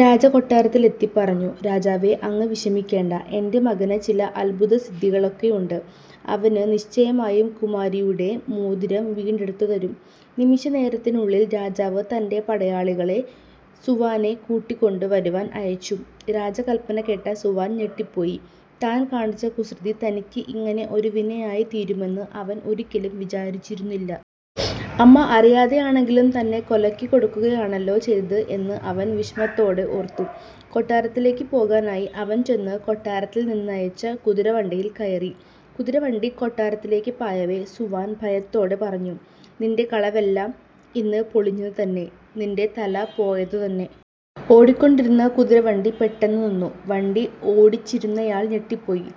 രാജകൊട്ടാരത്തിലെത്തി പറഞ്ഞു. "രാജാവേ, അങ്ങ് വിഷമിക്കേണ്ട. എന്റെ മകന് ചില അത്ഭുതസിദ്ധീകളൊക്കെയുണ്ട്. അവന് നിശ്ചയമായും കുമാരിയുടെ മോതിരം വീണ്ടെടുത്ത് തരും! " നിമിഷ നേരത്തിനുള്ളില് രാജാവ് തന്റെ പടയാളികളെ സുവാനെ കൂട്ടിക്കൊണ്ട് വരുവാന് അയച്ചു. രാജകല്പ്പന കേട്ട സുവാന് ഞെട്ടിപ്പോയി. താന് കാണിച്ച കുസൃതി തനിക്ക് ഇങ്ങനെ ഒരു വിനയായി തീരുമെന്ന് അവന് ഒരിയ്ക്കലും വിചാരിച്ചിരുന്നില്ല. അമ്മ അറിയാതെയാണെങ്കിലും തന്നെ കൊലയ്ക്ക് കൊടുക്കുകയാണല്ലോ ചെയ്തത് എന്ന് അവന് വിഷമത്തോടെ ഓര്ത്തു. കൊട്ടാരത്തിലേയ്ക്ക് പോകാനായി അവന് ചെന്ന് കൊട്ടാരത്തില് നിന്നായച്ച കുതിരവണ്ടിയില് കയറി. കുതിര വണ്ടി കൊട്ടാരത്തിലേയ്ക്ക് പായവേ, സുവാന് ഭയത്തോടെ പറഞ്ഞു. "നിന്റെ കളവെല്ലാം ഇന്ന് പൊളിഞ്ഞത് തന്നെ. നിന്റെ തല പോയത് തന്നെ! " ഓടിക്കൊണ്ടിരുന്ന കുതിരവണ്ടി പെട്ടെന്ന് നിന്നു. വണ്ടി ഓടിച്ചിരുന്നയാള് ഞെട്ടിപ്പോയി.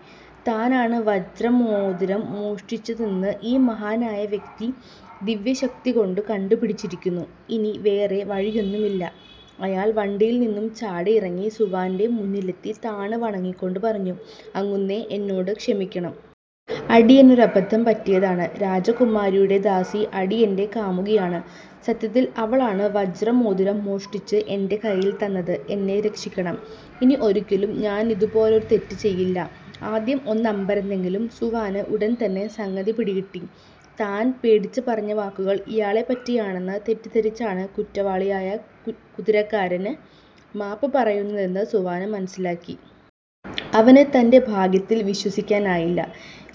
താനാണ് വജ്രമോതിരം മോഷ്ടിച്ചതെന്ന് ഈ മഹാനായ വ്യക്തി ദിവ്യ ശക്തി കൊണ്ട് കണ്ടുപിടിച്ചിരിക്കുന്നു. ഇനി വേറെ വഴിയൊന്നുമില്ല. അയാള് വണ്ടിയില് നിന്നും ചാടിയിറങ്ങി സുവാന്റെ മുന്നിലെത്തി താണ് വണങ്ങിക്കൊണ്ട് പറഞ്ഞു. "അങ്ങുന്നെ, എന്നോടു ക്ഷമിക്കണം. അടിയനോരബദ്ധം പറ്റിയതാണ്. രാജകുമാരിയുടെ ദാസി അടിയന്റെ കാമുകിയാണ്. സത്യത്തില് അവളാണ് വജ്ര മോതിരം മോഷ്ടിച്ച് എന്റെ കൈയില് തന്നത്. എന്നെ രക്ഷിക്കണം. ഇനി ഒരിയ്ക്കലും ഞാനിതു പോലൊരു തെറ്റ് ചെയ്യില്ല" ആദ്യം ഒന്നമ്പരന്നെങ്കിലും സുവാന് ഉടനെ തന്നെ സംഗതി പിടികിട്ടി. താന് പേടിച്ച് പറഞ്ഞ വാക്കുകള് ഇയാളെപറ്റിയാണെന്ന് തെറ്റിദ്ധരിച്ചാണ് കുറ്റവാളിയായ കുതിരക്കാരന് മാപ്പ് പറയുന്നതെന്ന് സുവാന് മനസ്സിലാക്കി. അവന് തന്റെ ഭാഗ്യത്തില് വിശ്വസിക്കാനായില്ല.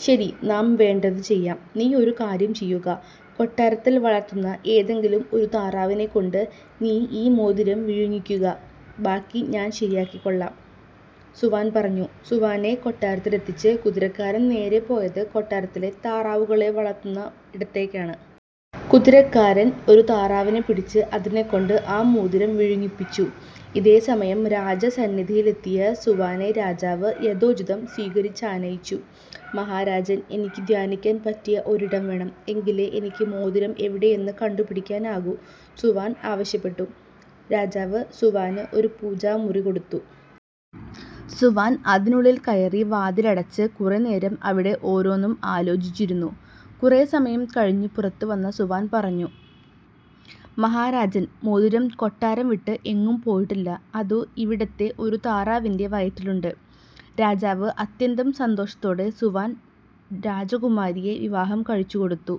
"ശരി. നാം വേണ്ടത് ചെയ്യാം. നീ ഒരു കാര്യം ചെയ്യുക. കൊട്ടാരത്തില് വളര്ത്തുന്ന ഏതെങ്കിലും ഒരു താറാവിനെ കൊണ്ട് നീ ഈ മോതിരം വിഴുങ്ങിക്കുക. ബാക്കി ഞാന് ശരിയാക്കികൊള്ളാം. " സുവാന് പറഞ്ഞു. സുവാനെ കൊട്ടാരത്തിലെത്തിച്ച് കുതിരക്കാരന് നേരെ പോയത് കൊട്ടാരത്തിലെ താറാവുകളെ വളര്ത്തുന്ന ഇടത്തെക്കാണ്. കുതിരക്കാരന് ഒരു താറാവിനെ പിടിച്ച് അതിനെകൊണ്ട് ആ മോതിരം വിഴുങ്ങിപ്പിച്ചു. ഇതേ സമയം രാജസന്നിധിയിലെത്തിയ സുവാനെ രാജാവ് യഥോചിതം സ്വീകരിച്ചാനയിച്ചു. "മഹാരാജന്, എനിക്കു ധ്യാനിക്കാന് പറ്റിയ ഒരിടം വേണം. എങ്കിലേ എനിക്ക് മോതിരം എവിടെയെന്ന് കണ്ടുപിടിക്കാനാകൂ" സുവാന് ആവശ്യപ്പെട്ടു. രാജാവ് സുവാന് ഒരു പൂജാ മുറി കൊടുത്തു. സുവാന് അതിനുള്ളില് കയറി വാതിലടച്ച് കുറെ നേരം അവിടെ ഓരോന്നും ആലോചിച്ചിരുന്നു. കുറെ സമയം കഴിഞ്ഞു പുറത്തു വന്ന സുവാന് പറഞ്ഞു. "മഹാരാജന്, മോതിരം കൊട്ടാരം വിട്ട് എങ്ങും പോയിട്ടില്ല. അത് ഇവിടത്തെ ഒരു താറാവിന്റെ വയറ്റിലുണ്ട്! " രാജാവ് അത്യന്തം സന്തോഷത്തോടെ സുവാന് രാജകുമാരിയെ വിവാഹം കഴിച്ചു കൊടുത്തു.